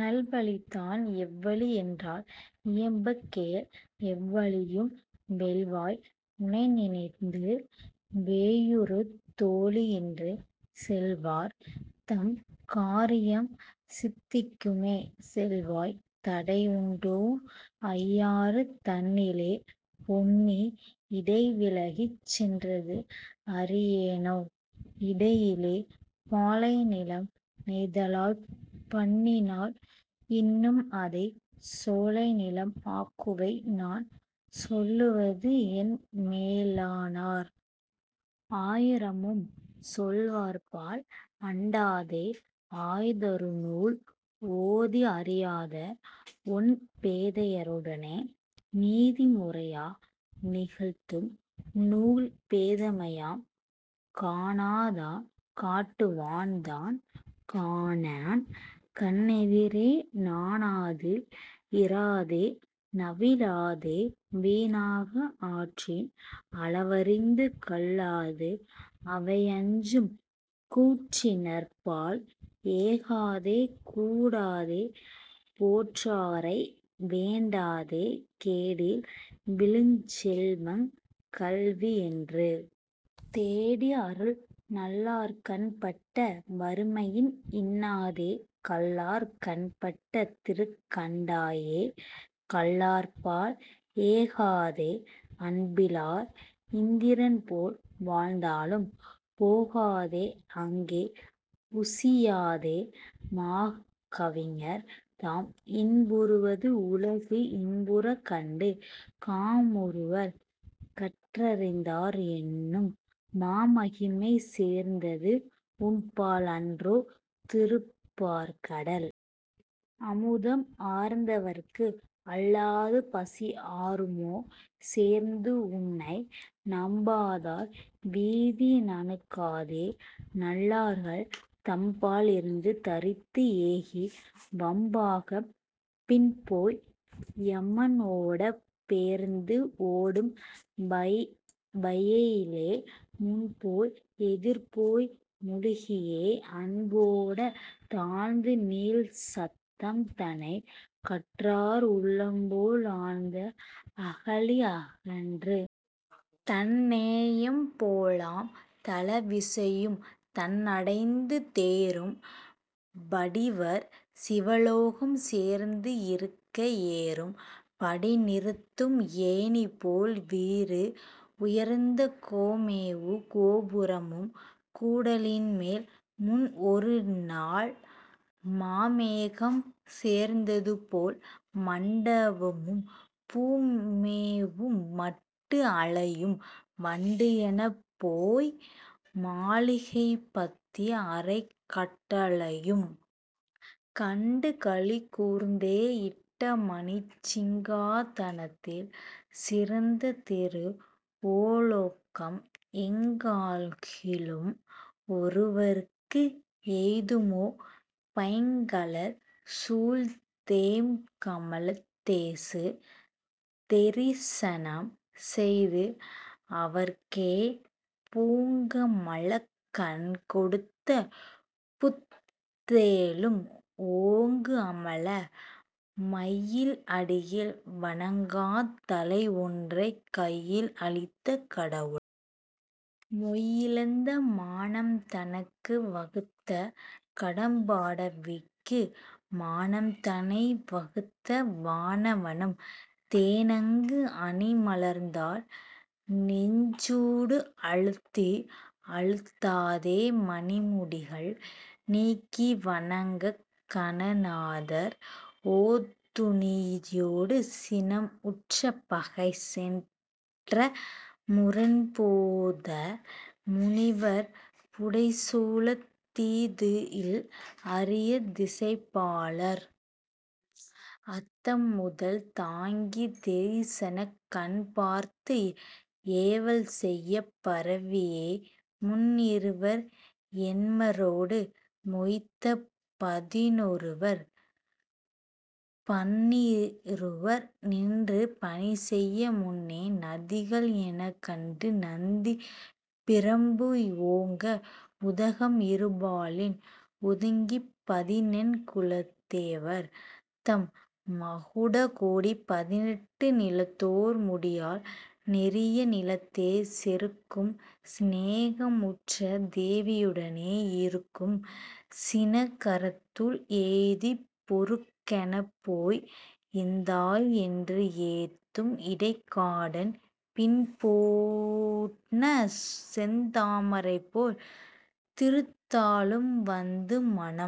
நல்வழிதான் எவ்வழி என்றால் இயம்பக் கேள் எவ்வழியும் வெல்வாய் உனைநினைந்து வேயுறு தோளி என்று செல்வார் தம் காரியம் சித்திக்குமே செல்வாய் தடைஉண்டோ ஐயாறு தன்னிலே பொன்னி இடைவிலகிச் சென்றது அறியேனோ இடையிலே பாலைநிலம் நெய்தலாப் பண்ணினாய் இன்னும்அதைச் சோலைநிலம் ஆக்குவை நான் சொல்லுவதுஎன் மேலானார் ஆயிரமும் சொல்வார்பால் அண்டாதே ஆய்தருநூல் ஓதிஅறியாத ஒண் பேதையருடனே நீதி முறையா நிகழ்த்தும் நூல் பேதமையாம் காணாதான் காட்டுவான் தான்காணான் கண்எதிரே நாணாது இராதே நவிலாதே வீணாக ஆற்றின் அளவறிந்து கல்லாது அவைஅஞ்சும் கூற்றினர் பால் ஏகாதே கூடாதே போற்றாரை வேண்டாதே கேடில் விழுச்செல்வங் கல்விஎன்று தேடி அருள் நல்லார்கண் பட்ட வறுமையின் இன்னாதே கல்லார் கண் பட்ட திருக் கண்டாயே கல்லார்பால் ஏகாதே அன்பிலார் இந்திரன்போல் வாழ்ந்தாலும் போகாதே அங்கே புசியாதே மாகவிஞர் தாம் இன்புறுவது உலகு இன்புறக் கண்டு காமுறுவர் கற்றரிந்தார் என்னும் மாமகிமை சேர்ந்தது உன்பால் அன்றோ திருப்பாற்கடல் அமுதம் ஆர்ந்தவர்க்கு அல்லாது பசி ஆறுமோ சேர்ந்து உன்னை நம்பாதார் வீதி நணுகாதே நல்லார்கள் தம்பால் இருந்து தரித்து ஏகி வம்பாகப் பின்போய் யமன்ஓடப் பேர்ந்துஓடும் வையையிலே முன்போய் எதிர்போய் முழுகியே அன்போட தாழ்ந்து நீள் சத்தம் தனைக் கற்றார் உள்ளம்போல் ஆழ்ந்த அகழி அகன்று தன் நேயம் போலாம் தளவிசையும் தன் அடைந்து தேறும் படிவர் சிவலோகம் சேர்ந்து இருக்க ஏறும் படி நிறுத்தும் ஏணிபோல் வீறு உயர்ந்த கோமேவு கோபுரமும் கூடலின்மேல் முன் ஒருநால் மாமேகம் சேர்ந்தது போல் மண்டபமும் பூமேவும் மட்டு அளையும் வண்டுஎனப்போய் மாளிகைப்பத்தி அறைக் கட்டளையும் கண்டு களி கூர்ந்தே இட்ட மணிச் சிங்கா தனத்தில் சிறந்ததிரு வோலக்கம் எங்காகிலும் ஒருவர்க்கு எய்துமோ பைங்கழல் சூழ் தேம்கமலத் தேசு தெரிசனம் செய்து அவர்க்கே பூங்கமலக் கண் கொடுத்த புத்தேளும் -ஓங்கு அமல மையில் அடியில் வணங்காத் தலை ஒன்றைக் கையில் அளித்த கடவுளும் மொய் இழந்த மானம் தனக்கு வகுத்த கடம்பாடவிக்கு மானம் தனை வகுத்த வானவனும்- தேன் அங்கு அணி மலர்ந்தாள் நெஞ்சூடு அழுத்தி அழுத்தாதே மணிமுடிகள் நீக்கி வணங்கக் கணநாதர் ஓதுதுனியோடு சினம் உற்ற பகை செற்ற முரண் போத முனிவர் புடைசூழத் தீதுஇல் அரிய திசைப்பாலர் அத்தம் முதல் தாங்கி தெரிசனக் கண் பார்த்து ஏவல் செய்யப் பரவியே முன்இருவர் எண்மரொடு மொய்த்த பதினொருவர் பன்னிருவர் நின்று பணிசெய்ய முன்னே நதிகள் எனக்கண்டு நந்தி பிரம்பு ஓங்க உதகம் இருபாலின் ஒதுங்கிப் பதினெண் குலத்தேவர் தம் மகுடகோடி பதினெட்டு நிலத்தோர் முடியால் நெரிய நிலத்தே செருக்கும் சிநேகம் உற்ற தேவியுடனே இருக்கும் சினகரத்துள் எய்திப் பொருக்கெனப்போய் எந்தாய் என்று ஏத்தும் இடைக்காடன் பின்போன செந்தாமரை போல் திருத்தாளும் வந்து மனம்।